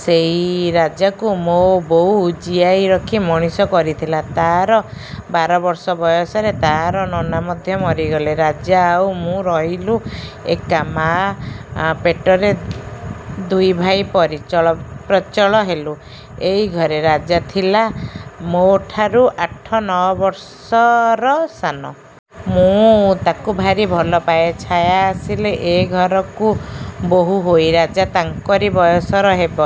ସେଇ ରାଜାକୁ ମୋ ବୋଉ ଜିଆଇ ରଖି ମଣିଷ କରିଥିଲେ। ତା'ର ବାର ବର୍ଷ ବୟସରେ ତା'ର ନନା ମଧ୍ୟ ମରିଗଲେ। ରାଜା ଆଉ ମୁଁ ରହିଲୁ ଏକା ମାଆ ପେଟରେ ଦୁଇ ଭାଇ ପରି। ଚଳ ପ୍ରଚଳ ହେଲୁ ଏଇ ଘରେ। ରାଜା ଥିଲା ମୋଠାରୁ ଆଠ ନଅ ବର୍ଷର ସାନ। ମୁଁ ତାକୁ ଭାରି ଭଲ ପାଏ। ଛାୟା ଆସିଲେ ଏ ଘରକୁ ବୋହୂ ହୋଇ। ରାଜା ତାଙ୍କରି ବୟସର ହେବ।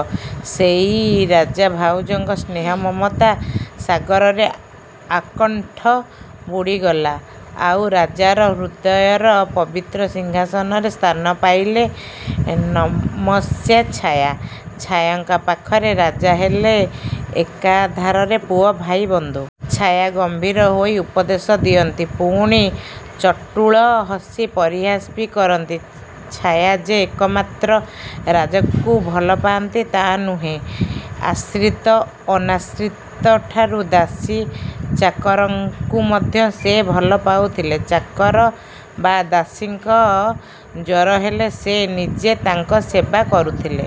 ସେଇ ରାଜା ଭାଉଜଙ୍କ ସ୍ନେହ ମମତା ସାଗରରେ ଆକଣ୍ଠ ବୁଡ଼ିଗଲା। ଆଉ ରାଜାର ହୃଦୟର ପବିତ୍ର ସିଂହାସନରେ ସ୍ଥାନ ପାଇଲେ ନମସ୍ୟା ଛାୟା। ଛାୟାଙ୍କ ପାଖରେ ରାଜା ହେଲେ ଏକାଧାରରେ ପୁଅ, ଭାଇ, ବନ୍ଧୁ। ଛାୟା ଗମ୍ଭୀର ହୋଇ ଉପଦେଶ ଦିଅନ୍ତି, ପୁଣି ଚଟୁଳ ହସି ପରିହାସ ବି କରନ୍ତି। ଛାୟା ଯେ ଏକମାତ୍ର ରାଜାକୁ ଭଲ ପାଆନ୍ତି ତା' ନୁହେଁ ଆଶ୍ରିତ ଅନାଶ୍ରିତଠାରୁ ଦାସୀ ଚାକରଙ୍କୁ ମଧ୍ୟ ସେ ଭଲ ପାଉଥିଲେ। ଚାକର ବା ଦାସୀଙ୍କ ଜ୍ୱର ହେଲେ ସେ ନିଜେ ତାଙ୍କ ସେବା କରୁଥିଲେ।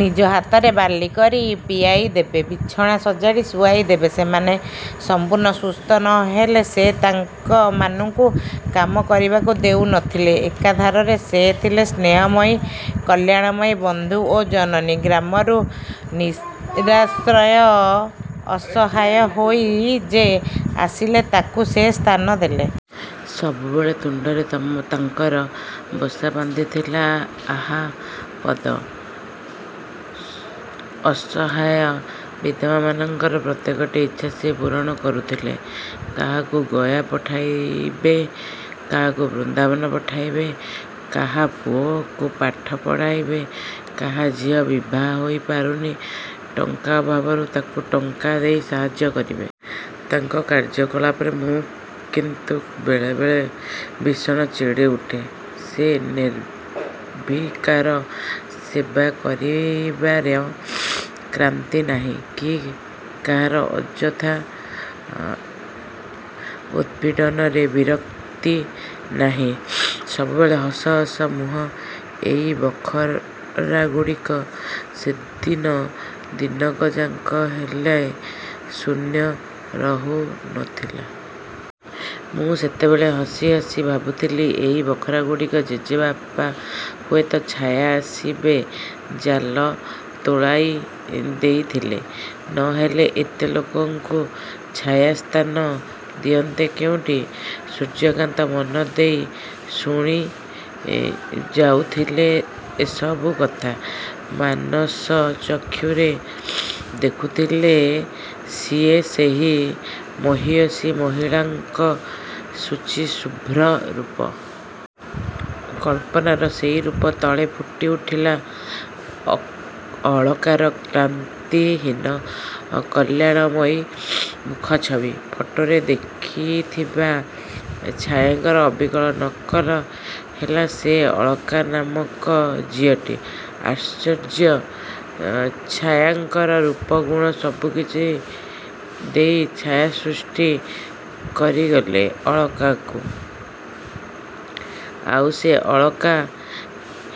ନିଜ ହାତରେ ବାର୍ଲି କରି ପିଆଇ ଦେବେ। ବିଛଣା ସଜାଡ଼ି ଶୁଆଇ ଦେବେ। ସେମାନେ ସମ୍ପୂର୍ଣ୍ଣ ସୁସ୍ଥ ନ ହେଲେ ସେ ତାଙ୍କ ମାନଙ୍କୁ କାମ କରିବାକୁ ଦେଉ ନଥିଲେ। ଏକାଧାରରେ ସେ ଥିଲେ ସ୍ନେହମୟୀ କଲ୍ୟାଣମୟୀ ବଧୂ ଏବଂ ଜନନୀ। ଗ୍ରାମରୁ ନିରାଶ୍ରୟ, ଅସହାୟ ହୋଇ ଯେ ଆସିଲା ତାକୁ ସେ ସ୍ଥାନ ଦେଲେ। ସବୁବେଳେ ତୁଣ୍ଡରେ ତମ୍ ତାଙ୍କର ବସା ବାନ୍ଧିଥିଲା ଆହା ପଦ। ଅସହାୟ ବିଧବାମାନଙ୍କର ପ୍ରତ୍ୟେକଟି ଇଚ୍ଛା ସେ ପୂର୍ଣ୍ଣ କରୁଥିଲେ। କାହାକୁ ଗୟା ପଠାଇବେ, କାହାକୁ ବୃନ୍ଦାବନ ପଠାଇବେ, କାହା ପୁଅକୁ ପାଠ ପଢ଼ାଇବେ, କାହା ଝିଅ ବିଭା ହୋଇ ପାରୁନି ଟଙ୍କା ଅଭାବରୁ ତାକୁ ଟଙ୍କା ଦେଇ ସାହାଯ୍ୟ କରିବେ। ତାଙ୍କ କାର୍ଯ୍ୟକଳାପରେ ମୁଁ କିନ୍ତୁ ବେଳେ ବେଳେ ଭୀଷଣ ଚିଡ଼ି ଉଠେ। ସେ ନିର୍ବିକାର। ସେବା କରିବାର କ୍ରାନ୍ତି ନାହିଁ, କି କାହାର ଅଯଥା ଉତ୍ପୀଡ଼ନରେ ବିରକ୍ତି ନାହିଁ। ସବୁବେଳେ ହସ ହସ ମୁହଁ। ଏଇ ବଖରାଗୁଡ଼ିକ ସେଦିନ ଦିନକ ଯାକ ହେଲେ ଶୂନ୍ୟ ରହୁ ନଥିଲା। ମୁଁ ସେତେବେଳେ ହସି ହସି ଭାବୁଥିଲି ଏଇ ବଖରାଗୁଡ଼ିକ ଜେଜେବାପା ହୁଏତ ଛାୟା ଆସିବେ ଜାଲ ତୋଳାଇ ଦେଇଥିଲେ। ନହେଲେ ଏତେ ଲୋକଙ୍କୁ ଛାୟା ସ୍ଥାନ ଦିଅନ୍ତେ କେଉଁଠି? ସୂର୍ଯ୍ୟକାନ୍ତ ମନଦେଇ ଶୁଣି ଯାଉଥିଲେ ଏ ସବୁ କଥା ମାନସ ଚକ୍ଷୁରେ ଦେଖୁଥିଲେ ସିଏ ସେହି ମହିୟସୀ ମହିଳାଙ୍କ ଶୁଚି ଶୁଭ୍ର ରୂପ। କଳ୍ପନାର ସେଇ ରୂପ ତଳେ ଫୁଟି ଉଠିଲା ଅ ଅଳକାର କ୍ରାନ୍ତିହୀନ କଲ୍ୟାଣମୟୀ ମୁଖଛବି। ଫଟୋରେ ଦେଖିଥିବା ଛାୟାଙ୍କର ଅବିକଳ ନକଲ ହେଲା ସେ ଅଳକା ନାମକ ଝିଅଟି। ଆଶ୍ଚର୍ଯ୍ୟ! ଛାୟାଙ୍କର ରୂପଗୁଣ ସବୁକିଛି ଦେଇ ଛାୟା ସୃଷ୍ଟି କରି ଗଲେ ଅଳକାଙ୍କୁ। ଆଉ ସେଇ ଅଳକା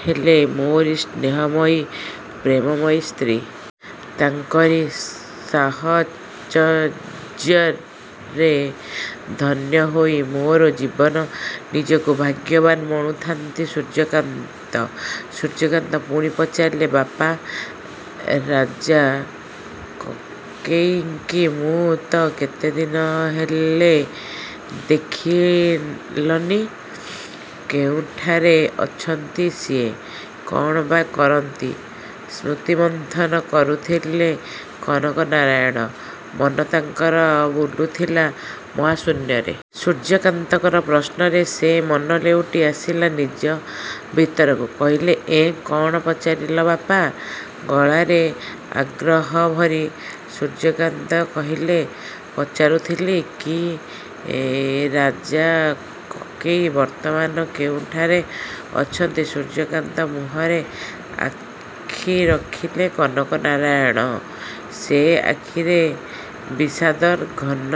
ହେଲେ ମୋରି ସ୍ନେହମୟୀ, ପ୍ରେମମୟୀ ସ୍ତ୍ରୀ। ତାଙ୍କରି ସାହଚର୍ଯ୍ୟରେ ଧନ୍ୟ ହୋଇ ମୋର ଜୀବନ। ନିଜକୁ ଭାଗ୍ୟବାନ୍ ମଣୁଥାନ୍ତି ସୂର୍ଯ୍ୟକାନ୍ତ। ସୂର୍ଯ୍ୟକାନ୍ତ ପୁଣି ପଚାରିଲେ ବାପା, ରାଜା କକେଇଙ୍କି ମୁଁ ତ କେତେଦିନ ହେଲେ ଦେଖିଲନି। କେଉଁଠାରେ ଅଛନ୍ତି ସିଏ? କ'ଣ ବା କରନ୍ତି? ସ୍ମୃତିମନ୍ଥନ କରୁଥିଲେ କନକନାରାୟଣ। ମନ ତାଙ୍କର ବୁଲୁଥିଲା ମହାଶୂନ୍ୟରେ। ସୂର୍ଯ୍ୟକାନ୍ତଙ୍କର ପ୍ରଶ୍ନରେ ସେ ମନ ଲେଉଟି ଆସିଲା ନିଜ ଭିତରକୁ। କହିଲେ ଏଁ, କ'ଣ ପଚାରିଲ ବାପା? ଗଳାରେ ଆଗ୍ରହ ଭରି ସୂର୍ଯ୍ୟକାନ୍ତ କହିଲେ ପଚାରୁଥିଲି କି ରାଜା କକେଇ ବର୍ତ୍ତମାନ କେଉଁଠାରେ ଅଛନ୍ତି। ସୂର୍ଯ୍ୟକାନ୍ତ ମୁହଁରେ ଆଖି ରଖିଲେ କନକନାରାୟଣ। ସେ ଆଖିରେ ବିଷାଦର ଘନ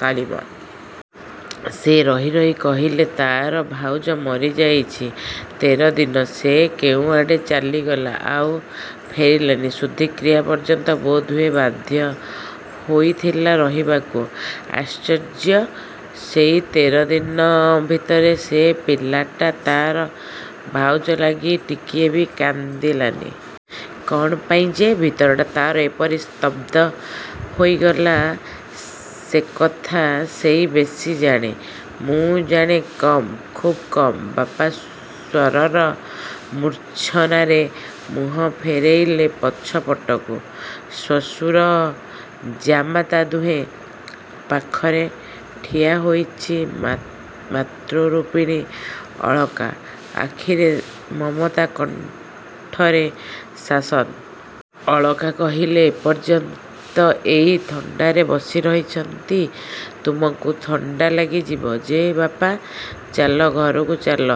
କାଳିମା। ସେ ରହି ରହି କହିଲେ ତା'ର ଭାଉଜ ମରିଯାଇଛି ତେର ଦିନ ସେ କେଉଁଆଡ଼େ ଚାଲିଗଲା। ଆଉ ଫେରିଲାନି। ଶୁଦ୍ଧିକ୍ରିୟା ପର୍ଯ୍ୟନ୍ତ ବୋଧହୁଏ ବାଧ୍ୟ ହୋଇଥିଲା ରହିବାକୁ। ଆଶ୍ଚର୍ଯ୍ୟ! ସେଇ ତେର ଦିନ ଭିତରେ ସେ ପିଲାଟା ତା'ର ଭାଉଜ ଲାଗି ଟିକିଏ ବି କାନ୍ଦିଲାନି। କ'ଣ ପାଇଁ ଯେ ଭିତରଟା ତା'ର ଏପରି ସ୍ତବ୍ଧ ହୋଇଗଲା ସେକଥା ସେଇ ବେଶି ଜାଣେ। ମୁଁ ଜାଣେ କମ୍, ଖୁବ୍ କମ୍। ବାପା, ସ୍ୱରର ମୂର୍ଚ୍ଛନାରେ ମୁହଁ ଫେରେଇଲେ ପଛପଟକୁ ଶ୍ୱଶୁର ଜାମାତା ଦୁହେଁ। ପାଖରେ ଠିଆ ହୋଇଛି ମା ମାତୃରୂପିଣୀ ଅଳକା। ଆଖିରେ ମମତା, କଣ୍ଠରେ ଶାସନ। ଅଳକା କହିଲେ ଏପର୍ଯ୍ୟନ୍ତ ଏଇ ଥଣ୍ଡାରେ ବସି ରହିଛନ୍ତି। ତୁମକୁ ଥଣ୍ଡା ଲାଗିଯିବ ଯେ ବାପା। ଚାଲ, ଘରକୁ ଚାଲ।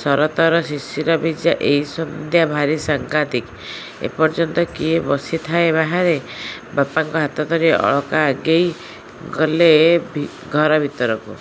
ଶରତର ଶିଶିର ଭିଜା ଏଇ ସନ୍ଧ୍ୟା ଭାରି ସାଂଘାତିକ। ଏପର୍ଯ୍ୟନ୍ତ କିଏ ବସିଥାଏ ବାହାରେ! ବାପାଙ୍କ ହାତ ଧରି ଅଳକା ଆଗେଇ ଗଲେ ଭି ଘର ଭିତରକୁ।